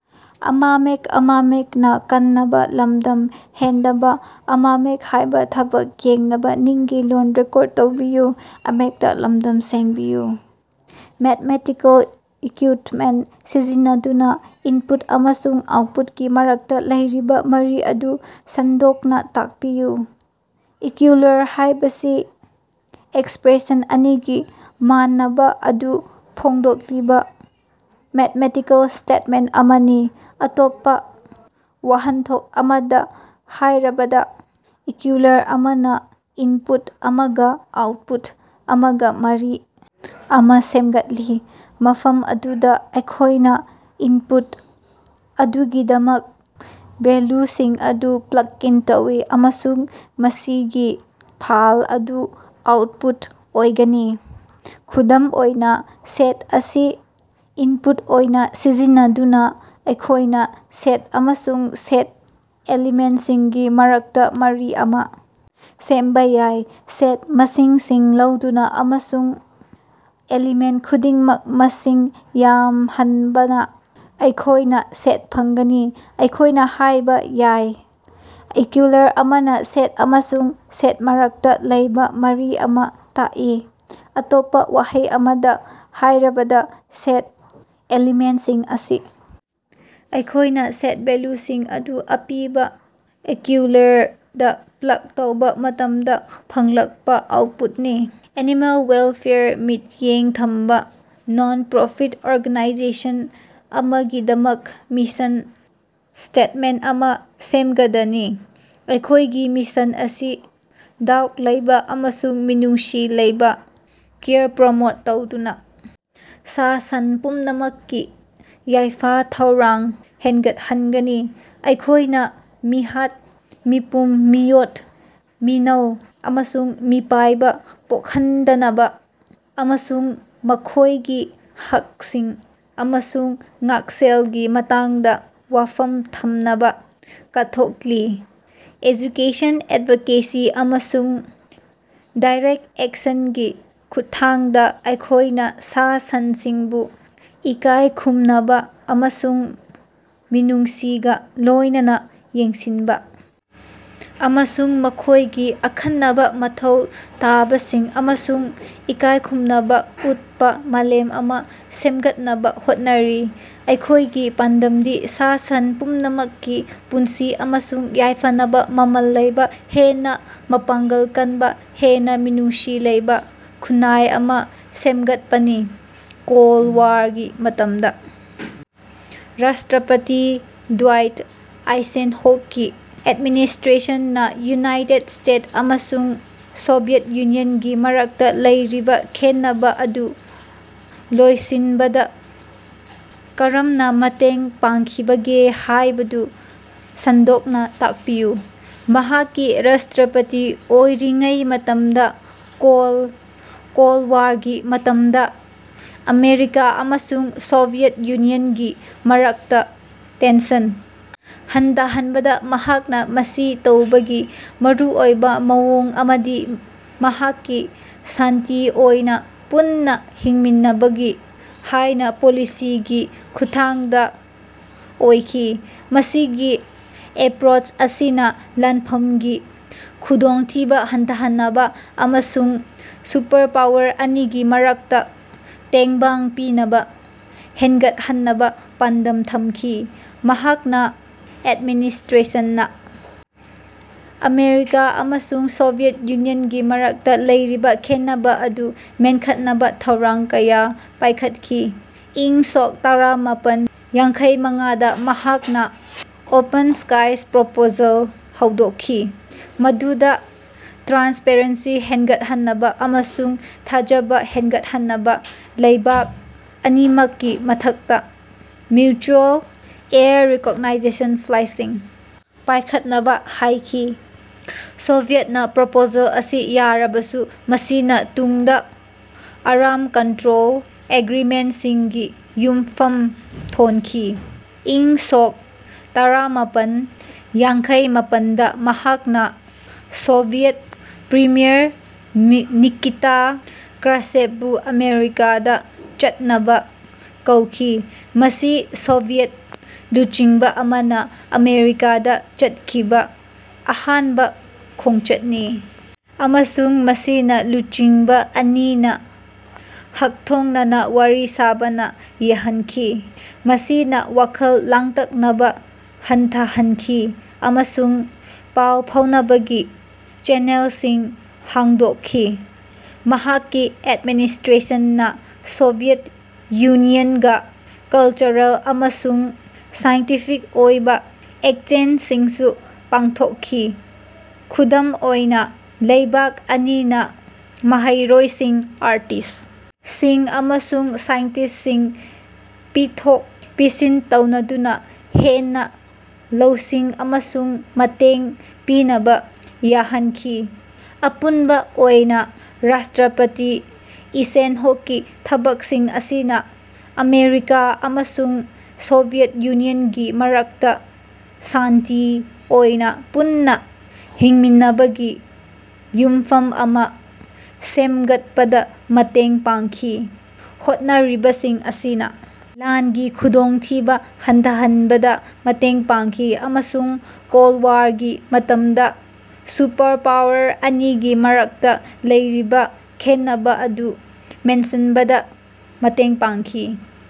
Mathematical equipment ꯁꯤꯖꯤꯟꯅꯗꯨꯅꯥ input ꯑꯃꯁꯨꯡ ꯑꯥꯎꯠꯄꯨꯠꯀꯤ ꯃꯔꯛꯇꯥ ꯂꯩꯔꯤꯕꯥ ꯃꯔꯤ ꯑꯗꯨ ꯁꯟꯗꯣꯛꯅꯥ ꯇꯥꯛꯄꯤꯌꯨ꯫ ꯏꯀ꯭ꯌꯨꯏꯂꯔ ꯍꯥꯏꯕꯁꯤ ꯑꯦꯛꯁꯄ꯭ꯔꯦꯁꯟ ꯑꯅꯤꯒꯤ ꯃꯥꯟꯅꯕꯥ ꯑꯗꯨ ꯐꯣꯡꯗꯣꯛꯂꯤꯕꯥ ꯃꯦꯠꯃꯦꯇꯤꯀꯦꯜ ꯁ꯭ꯇꯦꯠꯃꯦꯟꯇ ꯑꯃꯅꯤ꯫ ꯑꯇꯣꯞꯄꯥ ꯋꯥꯍꯟꯊꯣꯛ ꯑꯃꯗꯥ ꯍꯥꯏꯔꯕꯗꯥ, ꯏꯀ꯭ꯌꯨꯏꯂꯔ ꯑꯃꯅꯥ ꯏꯟꯄꯨꯠ ꯑꯃꯒꯥ ꯑꯥꯎꯠꯄꯨꯠ ꯑꯃꯒꯥ ꯃꯔꯤ ꯑꯃꯥ ꯁꯦꯝꯒꯠꯂꯤ, ꯃꯐꯝ ꯑꯗꯨꯗꯥ ꯑꯩꯈꯣꯏꯅꯥ ꯏꯟꯄꯨꯠ ꯑꯗꯨꯒꯤꯗꯃꯛ ꯚꯦꯜꯂꯨꯁꯤꯡ ꯑꯗꯨ ꯄ꯭ꯂꯛ ꯏꯟ ꯇꯧꯏ ꯑꯃꯁꯨꯡ ꯃꯁꯤꯒꯤ ꯐꯜ ꯑꯗꯨ ꯑꯥꯎꯠꯄꯨꯠ ꯑꯣꯏꯒꯅꯤ꯫ ꯈꯨꯗꯝ ꯑꯣꯏꯅꯥ, ꯁꯦꯠ ꯑꯁꯤ ꯏꯟꯄꯨꯠ ꯑꯣꯏꯅꯥ ꯁꯤꯖꯤꯟꯅꯗꯨꯅꯥ ꯑꯩꯈꯣꯏꯅꯥ ꯁꯦꯠ ꯑꯃꯁꯨꯡ ꯁꯦꯠ ꯑꯦꯂꯤꯃꯦꯟꯇꯁꯤꯡꯒꯤ ꯃꯔꯛꯇꯥ ꯃꯔꯤ ꯑꯃꯥ ꯁꯦꯝꯕꯥ ꯌꯥꯏ, ꯁꯦꯠ ꯃꯁꯤꯡꯁꯤꯡ ꯂꯧꯗꯨꯅꯥ ꯑꯃꯁꯨꯡ ꯑꯦꯂꯤꯃꯦꯟ ꯈꯨꯗꯤꯡꯃꯛ ꯃꯁꯤꯡ ꯌꯥꯝꯍꯟꯕꯅꯥ ꯑꯩꯈꯣꯏꯅꯥ ꯁꯦꯠ ꯐꯪꯒꯅꯤ꯫ ꯑꯩꯈꯣꯏꯅꯥ ꯍꯥꯏꯕ ꯌꯥꯏ ꯏꯀ꯭ꯌꯨꯏꯂꯔ ꯑꯃꯥꯅ ꯁꯦꯠ ꯑꯃꯁꯨꯡ ꯁꯦꯠ ꯃꯔꯛꯇꯥ ꯂꯩꯕꯥ ꯃꯔꯤ ꯑꯃꯥ ꯇꯥꯛꯏ, ꯑꯇꯣꯞꯄꯥ ꯋꯥꯍꯩ ꯑꯃꯗꯥ ꯍꯥꯏꯔꯕꯗꯥ, ꯁꯦꯠ ꯑꯦꯂꯤꯃꯦꯟꯁꯤꯡ ꯑꯁꯤ ꯑꯩꯈꯣꯏꯅꯥ ꯁꯦꯠ ꯚꯦꯜꯂꯨꯁꯤꯡ ꯑꯗꯨ ꯑꯄꯤꯕꯥ ꯏꯀ꯭ꯌꯨꯏꯂꯔꯗꯥ ꯄ꯭ꯂꯒ ꯇꯧꯕꯥ ꯃꯇꯝꯗꯥ ꯐꯪꯂꯛꯄꯥ ꯑꯥꯎꯠꯄꯨꯠꯅꯤ꯫ ꯑꯦꯅꯤꯃꯦꯜ ꯋꯦꯜꯐꯦꯌꯔꯗꯥ ꯃꯤꯠꯌꯦꯡ ꯊꯝꯕꯥ ꯅꯟ-ꯄ꯭ꯔꯣꯐꯤꯠ ꯑꯣꯔꯒꯥꯅꯥꯏꯖꯦꯁꯟ ꯑꯃꯒꯤꯗꯃꯛ ꯃꯤꯁꯟ ꯁ꯭ꯇꯦꯠꯃꯦꯟꯇ ꯑꯃꯥ ꯁꯦꯝꯒꯗꯅꯤ꯫ ꯑꯩꯈꯣꯏꯒꯤ ꯃꯤꯁꯟ ꯑꯁꯤ ꯗꯥꯎꯠ ꯂꯩꯕꯥ ꯑꯃꯁꯨꯡ ꯃꯤꯅꯨꯡꯁꯤ ꯂꯩꯕꯥ ꯀꯦꯌꯔ ꯄ꯭ꯔꯃꯣꯠ ꯇꯧꯗꯨꯅꯥ ꯁꯥ-ꯁꯟ ꯄꯨꯝꯅꯃꯛꯀꯤ ꯌꯥꯏꯐ-ꯊꯧꯔꯥꯡ ꯍꯦꯟꯒꯠꯍꯟꯒꯅꯤ꯫ ꯑꯩꯈꯣꯏꯅꯥ ꯃꯤꯍꯥꯠ-ꯃꯤꯄꯨꯟ, ꯃꯤꯑꯣꯠ-ꯃꯤꯅꯩ, ꯑꯃꯁꯨꯡ ꯃꯤꯄꯥꯏꯕꯥ ꯄꯣꯛꯍꯟꯗꯅꯕꯥ ꯑꯃꯁꯨꯡ ꯃꯈꯣꯏꯒꯤ ꯍꯛꯁꯤꯡ ꯑꯃꯁꯨꯡ ꯉꯥꯛꯁꯦꯜꯒꯤ ꯃꯇꯥꯡꯗꯥ ꯋꯥꯐꯝ ꯊꯝꯅꯕꯥ ꯀꯠꯊꯣꯛꯂꯤ꯫ ꯑꯦꯖꯨꯀꯦꯁꯟ, ꯑꯦꯠꯚꯣꯀꯦꯁꯤ ꯑꯃꯁꯨꯡ ꯗꯥꯏꯔꯦꯛ ꯑꯦꯛꯁꯟꯒꯤ ꯈꯨꯠꯊꯥꯡꯗꯥ ꯑꯩꯈꯣꯏꯅꯥ ꯁꯥ-ꯁꯟꯁꯤꯡꯕꯨ ꯏꯀꯥꯏ ꯈꯨꯝꯅꯕꯥ ꯑꯃꯁꯨꯡ ꯃꯤꯅꯨꯡꯁꯤꯒꯥ ꯂꯣꯏꯅꯅꯥ ꯌꯦꯡꯁꯤꯟꯕꯥ ꯑꯃꯁꯨꯡ ꯃꯈꯣꯏꯒꯤ ꯑꯈꯟꯅꯕꯥ ꯃꯊꯧ ꯇꯥꯕꯁꯤꯡ ꯑꯃꯁꯨꯡ ꯏꯀꯥꯏꯈꯨꯝꯅꯕꯥ ꯎꯠꯄꯥ ꯃꯥꯂꯦꯝ ꯑꯃꯥ ꯁꯦꯝꯒꯠꯅꯕꯥ ꯍꯣꯠꯅꯔꯤ꯫ ꯑꯩꯈꯣꯏꯒꯤ ꯄꯥꯟꯗꯝꯗꯤ ꯁꯥ-ꯁꯟ ꯄꯨꯝꯅꯃꯛꯀꯤ ꯄꯨꯟꯁꯤ ꯑꯃꯁꯨꯡ ꯌꯥꯏꯐꯅꯕꯥ ꯃꯃꯜ ꯂꯩꯕꯥ ꯍꯦꯟꯅꯥ ꯃꯄꯥꯡꯒꯜ ꯀꯟꯕꯥ, ꯍꯦꯟꯅꯥ ꯃꯤꯅꯨꯡꯁꯤ ꯂꯩꯕꯥ ꯈꯨꯟꯅꯥꯏ ꯑꯃꯥ ꯁꯦꯝꯒꯠꯄꯅꯤ꯫ ꯀꯣꯜꯗ ꯋꯥꯔꯒꯤ ꯃꯇꯝꯗꯥ ꯔꯥꯁꯇ꯭ꯔꯄꯇꯤ ꯗ꯭ꯋꯥꯏꯠ ꯑꯥꯏꯁꯦꯟꯍꯣꯛꯀꯤ ꯑꯦꯠꯃꯤꯅꯤꯁꯇ꯭ꯔꯦꯁꯟꯅꯥ ꯌꯨꯅꯥꯏꯇꯦꯠ ꯁ꯭ꯇꯦꯠꯁ ꯑꯃꯁꯨꯡ ꯁꯣꯚꯤꯌꯦꯠ ꯌꯨꯅꯤꯌꯟꯒꯤ ꯃꯔꯛꯇꯥ ꯂꯩꯔꯤꯕꯥ ꯈꯦꯟꯅꯕꯥ ꯑꯗꯨ ꯂꯣꯏꯁꯤꯟꯕꯗꯥ ꯀꯔꯝꯅꯥ ꯃꯇꯦꯡ ꯄꯥꯡꯈꯤꯕꯒꯦ ꯍꯥꯏꯕꯗꯨ ꯁꯟꯗꯣꯛꯅꯥ ꯇꯥꯛꯄꯤꯌꯨ꯫ ꯃꯍꯥꯛꯀꯤ ꯔꯥꯁꯇ꯭ꯔꯄꯇꯤ ꯑꯣꯏꯔꯤꯉꯩ ꯃꯇꯝꯗꯥ ꯀꯣꯜ ꯋꯥꯔꯒꯤ ꯃꯇꯝꯗꯥ ꯑꯃꯦꯔꯤꯀꯥ ꯑꯃꯁꯨꯡ ꯁꯣꯚꯤꯌꯦꯠ ꯌꯨꯅꯤꯌꯟꯒꯤ ꯃꯔꯛꯇꯥ ꯇꯦꯟꯁꯟ ꯍꯟꯊꯍꯟꯕꯗꯥ ꯃꯍꯥꯛꯅꯥ ꯃꯁꯤ ꯇꯧꯕꯒꯤ ꯃꯔꯨꯑꯣꯏꯕꯥ ꯃꯑꯣꯡ ꯑꯃꯗꯤ ꯃꯍꯥꯛꯀꯤ ꯁꯥꯟꯇꯤ ꯑꯣꯏꯅꯥ ꯄꯨꯟꯅꯥ ꯍꯤꯡꯃꯤꯟꯅꯕꯒꯤ ꯍꯥꯏꯕ ꯄꯣꯂꯤꯁꯤꯒꯤ ꯈꯨꯠꯊꯥꯡꯗꯥ ꯑꯣꯏꯈꯤ꯫ ꯃꯁꯤꯒꯤ ꯑꯦꯄ꯭ꯔꯣꯆ ꯑꯁꯤꯅꯥ ꯂꯥꯟꯐꯝꯒꯤ ꯈꯨꯗꯣꯡꯊꯤꯕꯥ ꯍꯟꯊꯍꯟꯅꯕꯥ ꯑꯃꯁꯨꯡ ꯁꯨꯄꯔꯄꯥꯋꯔ ꯑꯅꯤꯒꯤ ꯃꯔꯛꯇꯥ ꯇꯦꯡꯕꯥꯡ ꯄꯤꯅꯕꯥ ꯍꯦꯟꯒꯠꯍꯟꯅꯕꯥ ꯄꯥꯟꯗꯝ ꯊꯝꯈꯤ꯫ ꯃꯍꯥꯛꯅ ꯑꯦꯠꯃꯤꯅꯤꯁꯇ꯭ꯔꯦꯁꯟꯅꯥ ꯑꯃꯦꯔꯤꯀꯥ ꯑꯃꯁꯨꯡ ꯁꯣꯚꯤꯌꯦꯠ ꯌꯨꯅꯤꯌꯟꯒꯤ ꯃꯔꯛꯇꯥ ꯂꯩꯔꯤꯕꯥ ꯈꯦꯟꯅꯕꯥ ꯑꯗꯨ ꯃꯦꯟꯈꯠꯅꯕꯥ ꯊꯧꯔꯥꯡ ꯀꯌꯥ ꯄꯥꯏꯈꯠꯈꯤ꯫ꯏꯪ ꯁꯣꯛ ꯇꯔꯥꯃꯥꯄꯟ ꯌꯥꯡꯈꯩꯃꯉꯥꯗ ꯃꯍꯥꯛꯅꯥ ꯑꯣꯄꯟ ꯁ꯭ꯀꯥꯏꯁ ꯄ꯭ꯔꯄꯣꯖꯦꯜ ꯍꯧꯗꯣꯛꯈꯤ, ꯃꯗꯨꯗꯥ ꯇ꯭ꯔꯥꯟꯁꯄꯔꯦꯟꯁꯤ ꯍꯦꯟꯒꯠꯍꯟꯅꯕꯥ ꯑꯃꯁꯨꯡ ꯊꯥꯖꯕꯥ ꯍꯦꯟꯒꯠꯍꯟꯅꯕꯥ ꯂꯩꯕꯥꯛ ꯑꯅꯤꯃꯛꯀꯤ ꯃꯊꯛꯇꯥ ꯃ꯭ꯌꯨꯆꯨꯑꯦꯜ ꯑꯦꯌꯔ ꯔꯤꯀꯣꯅꯥꯏꯖꯦꯁꯟ ꯐ꯭ꯂꯥꯏꯠꯁꯤꯡ ꯄꯥꯏꯈꯠꯅꯕꯥ ꯍꯥꯏꯈꯤ꯫ ꯁꯣꯚꯤꯌꯦꯠꯅꯥ ꯄ꯭ꯔꯄꯣꯖꯦꯜ ꯑꯁꯤ ꯌꯥꯔꯕꯁꯨ, ꯃꯁꯤꯅꯥ ꯇꯨꯡꯗꯥ ꯑꯥꯔꯝ ꯀꯟꯇ꯭ꯔꯣꯜ ꯑꯦꯒ꯭ꯔꯤꯃꯦꯟꯇꯁꯤꯡꯒꯤ ꯌꯨꯝꯐꯝ ꯊꯣꯟꯈꯤ꯫ ꯏꯪ ꯁꯣꯛ ꯇꯔꯥꯃꯄꯟ ꯌꯥꯡꯈꯩꯃꯄꯟꯗꯥ ꯃꯍꯥꯛꯅ ꯁꯣꯚꯤꯌꯦꯠ ꯄ꯭ꯔꯤꯃꯤꯌꯔ ꯅꯤꯀꯤꯇꯥ ꯀ꯭ꯔꯨꯁꯦꯚꯕꯨ ꯑꯃꯦꯔꯤꯀꯥꯗꯥ ꯆꯠꯅꯕꯥ ꯀꯧꯈꯤ꯫ ꯃꯁꯤ ꯁꯣꯚꯤꯌꯦꯠ ꯂꯨꯆꯤꯡꯕꯥ ꯑꯃꯅꯥ ꯑꯃꯦꯔꯤꯀꯥꯗ ꯆꯠꯈꯤꯕꯥ ꯑꯍꯥꯟꯕꯥ ꯈꯣꯡꯆꯠꯅꯤ ꯑꯃꯁꯨꯡ ꯃꯁꯤꯅꯥ ꯂꯨꯆꯤꯡꯕꯥ ꯑꯅꯤꯅꯥ ꯍꯛꯊꯦꯡꯅꯅꯥ ꯋꯥꯔꯤ ꯁꯥꯅꯕꯥ ꯌꯥꯍꯟꯈꯤ, ꯃꯁꯤꯅꯥ ꯋꯥꯈꯜ ꯂꯥꯡꯇꯛꯅꯕꯥ ꯍꯟꯊꯍꯟꯈꯤ ꯑꯃꯁꯨꯡ ꯄꯥꯎ ꯐꯥꯎꯅꯕꯒꯤ ꯆꯦꯅꯦꯜꯁꯤꯡ ꯍꯥꯡꯗꯣꯛꯈꯤ꯫ ꯃꯍꯥꯛꯀꯤ ꯑꯦꯗꯃꯤꯅꯤꯁꯇ꯭ꯔꯦꯁꯟꯅꯥ ꯁꯣꯚꯤꯌꯦꯠ ꯌꯨꯅꯤꯌꯟꯒꯥ ꯀꯜꯆꯔꯦꯜ ꯑꯃꯁꯨꯡ ꯁꯥꯏꯟꯇꯤꯐꯤꯛ ꯑꯣꯏꯕꯥ ꯑꯦꯛꯁꯆꯦꯟꯖꯁꯤꯡꯁꯨ ꯄꯥꯡꯊꯣꯛꯈꯤ꯫ ꯈꯨꯗꯝ ꯑꯣꯏꯅꯥ, ꯂꯩꯕꯥꯛ ꯑꯅꯤꯅꯥ ꯃꯍꯩꯔꯣꯏꯁꯤꯡ, ꯑꯥꯔꯇꯤꯁ ꯁꯤꯡ ꯑꯃꯁꯨꯡ ꯁꯥꯏꯟꯇꯤꯁꯁꯤꯡ ꯄꯤꯊꯣꯛ-ꯄꯤꯁꯤꯟ ꯇꯧꯅꯗꯨꯅꯥ ꯍꯦꯟꯅꯥ ꯂꯧꯁꯤꯡ ꯑꯃꯁꯨꯡ ꯃꯇꯦꯡ ꯄꯤꯅꯕꯥ ꯌꯥꯍꯟꯈꯤ꯫ ꯑꯄꯨꯟꯕꯥ ꯑꯣꯏꯅꯥ ꯔꯥꯁꯇ꯭ꯔꯄꯇꯤ ꯏꯁꯦꯟꯍꯣꯛꯀꯤ ꯊꯕꯛꯁꯤꯡ ꯑꯁꯤꯅꯥ ꯑꯃꯦꯔꯤꯀꯥ ꯑꯃꯁꯨꯡ ꯁꯣꯚꯤꯌꯦꯠ ꯌꯨꯅꯤꯌꯟꯒꯤ ꯃꯔꯛꯇꯥ ꯁꯥꯟꯇꯤ ꯑꯣꯏꯅꯥ ꯄꯨꯟꯅꯥ ꯍꯤꯡꯃꯤꯟꯅꯕꯒꯤ ꯌꯨꯝꯐꯝ ꯑꯃꯥ ꯁꯦꯝꯒꯠꯄꯗꯥ ꯃꯇꯦꯡ ꯄꯥꯡꯈꯤ꯫ ꯍꯣꯠꯅꯔꯤꯕꯁꯤꯡ ꯑꯁꯤꯅꯥ ꯂꯥꯟꯒꯤ ꯈꯨꯗꯣꯡꯊꯤꯕꯥ ꯍꯟꯊꯍꯟꯕꯗꯥ ꯃꯇꯦꯡ ꯄꯥꯡꯈꯤ ꯑꯃꯁꯨꯡ ꯀꯣꯜꯗ ꯋꯥꯔꯒꯤ ꯃꯇꯝꯗꯥ ꯁꯨꯄꯔꯄꯥꯋꯔ ꯑꯅꯤꯒꯤ ꯃꯔꯛꯇꯥ ꯂꯩꯔꯤꯕꯥ ꯈꯦꯟꯅꯕꯥ ꯑꯗꯨ ꯃꯦꯟꯁꯤꯟꯕꯗꯥ ꯃꯇꯦꯡ ꯄꯥꯡꯈꯤ꯫